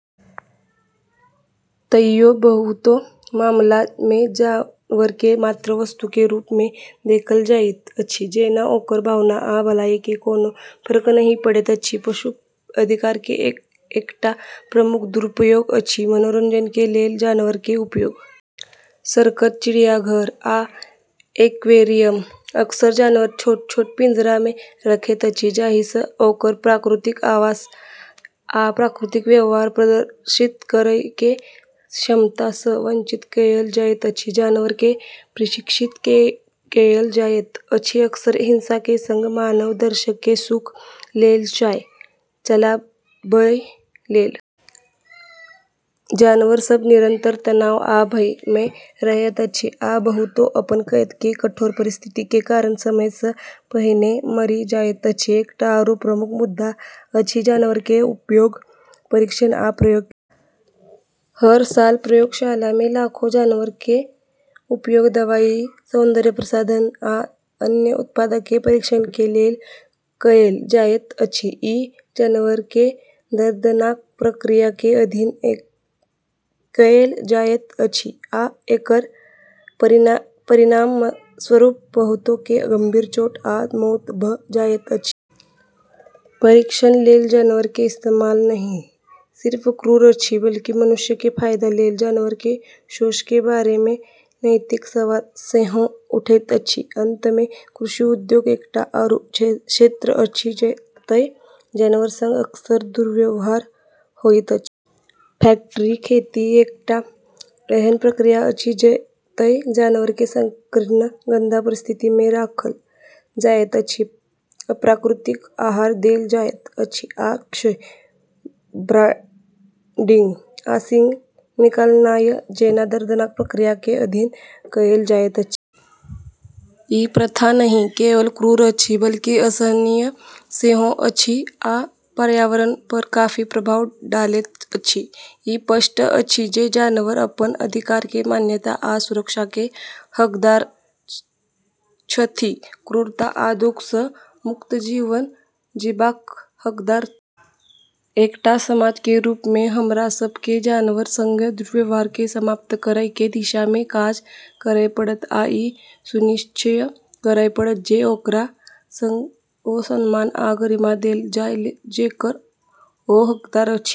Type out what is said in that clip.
तइयो बहुतो मामला मे जानवर के मात्र वस्तु के रूप मे देखल जाएत अछि, जेना ओकर भावना आ भलाई के कोनो फर्क नहि पड़ैत अछि। पशु अधिकार के एकटा प्रमुख दुरुपयोग अछि मनोरंजन के लेल जानवर के उपयोग। सर्कस, चिड़ियाघर आ एक्वेरियम अक्सर जानवर के छोट-छोट पिंजरा मे रखैत अछि, जाहि सँ ओकर प्राकृतिक आवास आ प्राकृतिक व्यवहार प्रदर्शित करय के क्षमता सँ वंचित कएल जाएत अछि। जानवर के प्रशिक्षित कएल जाएत अछि, अक्सर हिंसा के संग, मानव दर्शक के सुख लेल चाल चलाबय लेल। जानवर सभ निरंतर तनाव आ भय मे रहैत अछि, आ बहुतो अपन कैद के कठोर परिस्थिति के कारण समय सँ पहिने मरि जाएत अछि। एकटा आरू प्रमुख मुद्दा अछि जानवर के उपयोग परीक्षण आ प्रयोग लेल। हर साल प्रयोगशाला मे लाखों जानवर के उपयोग दवाई, सौंदर्य प्रसाधन आ अन्य उत्पाद के परीक्षण के लेल कएल जाएत अछि। ई जानवर के दर्दनाक प्रक्रिया के अधीन कएल जाएत अछि, आ एकर परिणामस्वरूप बहुतो के गंभीर चोट आ मौत भ जाएत अछि। परीक्षण लेल जानवर के इस्तेमाल नहि सिर्फ क्रूर अछि, बल्कि मनुष्य के फायदा लेल जानवर के शोषण के बारे मे नैतिक सवाल सेहो उठैत अछि। अंत मे कृषि उद्योग एकटा आरू क्षेत्र अछि जतय जानवर संग अक्सर दुर्व्यवहार होइत अछि। फैक्ट्री खेती एकटा एहन प्रक्रिया अछि जतय जानवर के संकीर्ण, गंदा परिस्थिति मे राखल जाएत अछि, अप्राकृतिक आहार देल जाएत अछि, आ क्षय, ब्रांडिंग आ सींग निकालनाय जेना दर्दनाक प्रक्रिया के अधीन कएल जाएत अछि। ई प्रथा नहि केवल क्रूर अछि बल्कि असहनीय सेहो अछि आ पर्यावरण पर काफी प्रभाव डालैत अछि। ई स्पष्ट अछि जे जानवर अपन अधिकार के मान्यता आ सुरक्षा के हकदार छथि। क्रूरता आ दुख सँ मुक्त जीवन जीबाक हकदार छथि। एकटा समाज के रूप मे हमरा सब के जानवर संग दुर्व्यवहार के समाप्त करय के दिशा मे काज करय पड़त आ ई सुनिश्चित करय पड़त जे ओकरा संग ओ सम्मान आ गरिमा देल जाय जेकर ओ हकदार अछि।